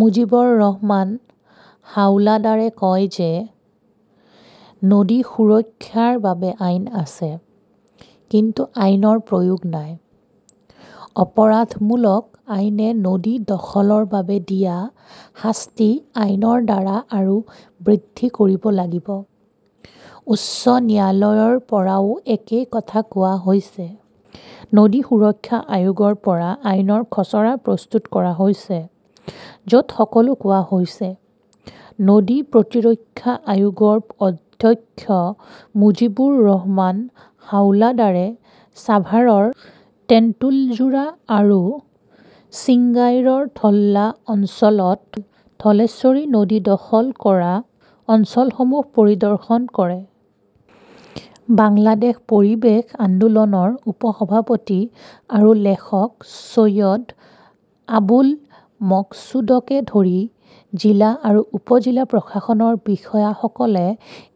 মুজীবৰ ৰহমান হাওলাদাৰে কয় যে নদী সুৰক্ষাৰ বাবে আইন আছে, কিন্তু আইনৰ প্ৰয়োগ নাই। অপৰাধমূলক আইনে নদী দখলৰ বাবে দিয়া শাস্তি আইনৰ দ্বাৰা আৰু বৃদ্ধি কৰিব লাগিব। উচ্চ ন্যায়ালয়ৰ পৰাও একেই কথা কোৱা হৈছে। নদী সুৰক্ষা আয়োগৰ পৰা আইনৰ খচৰা প্ৰস্তুত কৰা হৈছে, য 'ত সকলো কোৱা হৈছে। নদী প্ৰতিৰক্ষা আয়োগৰ অধ্যক্ষ মুজীবৰ ৰহমান হাওলাদাৰে ছাভাৰৰ তেন্তুলজোৰা আৰু ছিংগাইৰৰ ধল্লা অঞ্চলত ধলেশ্বৰী নদী দখল কৰা অঞ্চলসমূহ পৰিদৰ্শন কৰে। বাংলাদেশ পৰিৱেশ আন্দোলনৰ উপ-সভাপতি আৰু লেখক চৈয়দ আবুল মকছুদকে ধৰি জিলা আৰু উপ-জিলা প্ৰশাসনৰ বিষয়াসকলে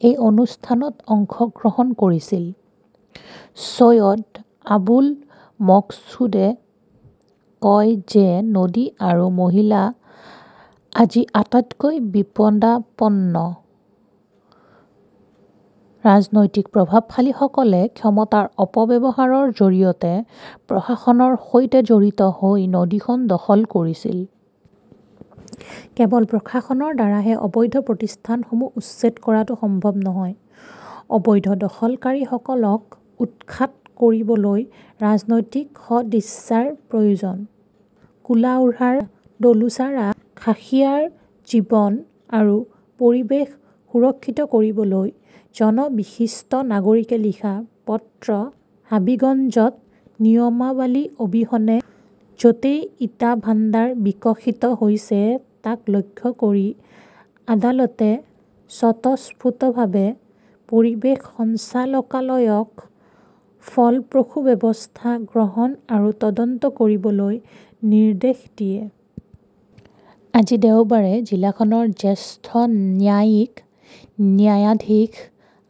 এই অনুষ্ঠানত অংশগ্ৰহণ কৰিছিল। চৈয়দ আবুল মকসুদে কয় যে নদী আৰু মহিলা আজি আটাইতকৈ বিপদাপন্ন। ৰাজনৈতিক প্ৰভাৱশালীসকলে ক্ষমতাৰ অপব্যৱহাৰৰ জৰিয়তে প্ৰশাসনৰ সৈতে জড়িত হৈ নদীখন দখল কৰিছিল। কেৱল প্ৰশাসনৰ দ্বাৰাহে অবৈধ প্ৰতিষ্ঠানসমূহ উচ্ছেদ কৰাটো সম্ভৱ নহয়। অবৈধ দখলকাৰীসকলক উৎখাত কৰিবলৈ ৰাজনৈতিক সদিচ্ছাৰ প্ৰয়োজন। কুলাউড়াৰ ডলুছাৰা খাসিয়াৰ জীৱন আৰু পৰিৱেশ সুৰক্ষিত কৰিবলৈ জন বিশিষ্ট নাগৰিকে লিখা পত্ৰ হাবিগঞ্জত নিয়মাৱলী অবিহনে য 'তেই ইটা ভাণ্ডাৰ বিকশিত হৈছে তাক লক্ষ্য কৰি আদালতে স্বতঃস্ফূৰ্তভাৱে পৰিৱেশ সঞ্চালকালয়ক ফলপ্ৰসূ ব্যৱস্থা গ্ৰহণ আৰু তদন্ত কৰিবলৈ নিৰ্দেশ দিয়ে। আজি দেওবাৰে জিলাখনৰ জ্যেষ্ঠ ন্যায়িক ন্যায়াধীশ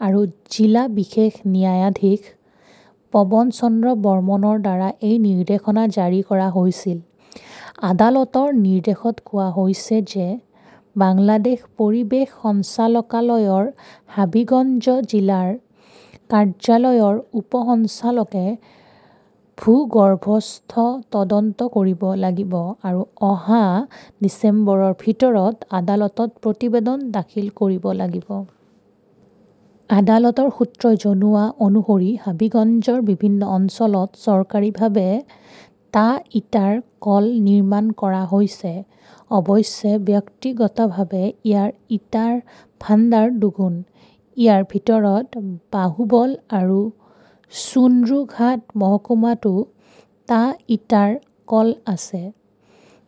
আৰু জিলা বিশেষ ন্যায়াধীশ পবন চন্দ্ৰ বৰ্মনৰ দ্বাৰা এই নিৰ্দেশনা জাৰি কৰা হৈছিল। আদালতৰ নিৰ্দেশত কোৱা হৈছে যে বাংলাদেশ পৰিৱেশ সঞ্চালকালয়ৰ হবিগঞ্জ জিলা কাৰ্যালয়ৰ উপ-সঞ্চালকে ভূগৰ্ভস্থ তদন্ত কৰিব লাগিব আৰু অহা ডিচেম্বৰৰ ভিতৰত আদালতত প্ৰতিবেদন দাখিল কৰিব লাগিব। আদালতৰ সূত্ৰই জনোৱা অনুসৰি হবিগঞ্জৰ বিভিন্ন অঞ্চলত চৰকাৰীভাৱে টা ইটাৰ কল নিৰ্মাণ কৰা হৈছে। অৱশ্যে ব্যক্তিগতভাৱে ইয়াৰ ইটাৰ ভাণ্ডাৰ দুগুণ। ইয়াৰ ভিতৰত বাহুবল আৰু চুনৰুঘাট মহকুমাতো টা ইটাৰ কল আছে।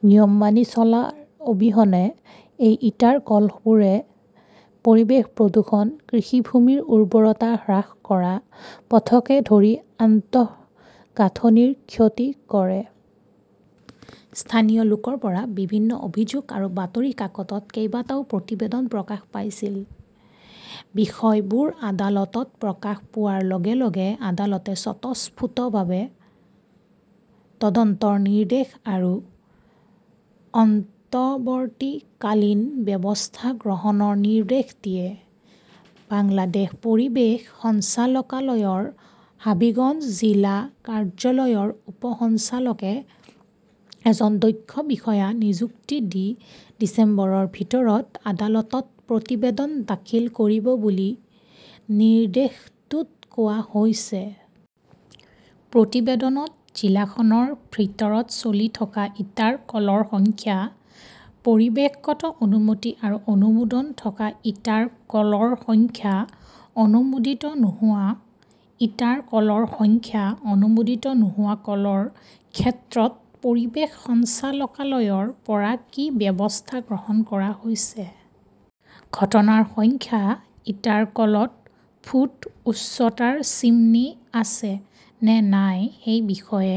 নিয়ম মানি চলাৰ অবিহনে এই ইটাৰ কলবোৰে পৰিৱেশ প্ৰদূষণ, কৃষিভূমিৰ উৰ্বৰতা হ্ৰাস কৰা, পথকে ধৰি আন্তঃগাঁথনিৰ ক্ষতি কৰে। স্থানীয় লোকৰ পৰা বিভিন্ন অভিযোগ আৰু বাতৰি কাকতত কেইবাটাও প্ৰতিবেদন প্ৰকাশ পাইছিল। বিষয়বোৰ আদালতত প্ৰকাশ পোৱাৰ লগে লগে আদালতে স্বতঃস্ফূৰ্তভাৱে তদন্তৰ নিৰ্দেশ আৰু অন্তৱৰ্তীকালীন ব্যৱস্থা গ্ৰহণৰ নিৰ্দেশ দিয়ে। বাংলাদেশ পৰিৱেশ সঞ্চালকালয়ৰ হবিগঞ্জ জিলা কাৰ্যালয়ৰ উপ-সঞ্চালকে এজন দক্ষ বিষয়া নিযুক্তি দি ডিচেম্বৰৰ ভিতৰত আদালতত প্ৰতিবেদন দাখিল কৰিব বুলি নিৰ্দেশটোত কোৱা হৈছে। প্ৰতিবেদনত জিলাখনৰ ভিতৰত চলি থকা ইটাৰ কলৰ সংখ্যা, পৰিৱেশগত অনুমতি আৰু অনুমোদন থকা ইটাৰ কলৰ সংখ্যা, অনুমোদিত নোহোৱা ইটাৰ কলৰ সংখ্যা, অনুমোদিত নোহোৱা কলৰ ক্ষেত্ৰত পৰিৱেশ সঞ্চালকালয়ৰ পৰা কি ব্যৱস্থা গ্ৰহণ কৰা হৈছে, ঘটনাৰ সংখ্যা, ইটাৰ কলত ফুট উচ্চতাৰ চিমনী আছে নে নাই সেই বিষয়ে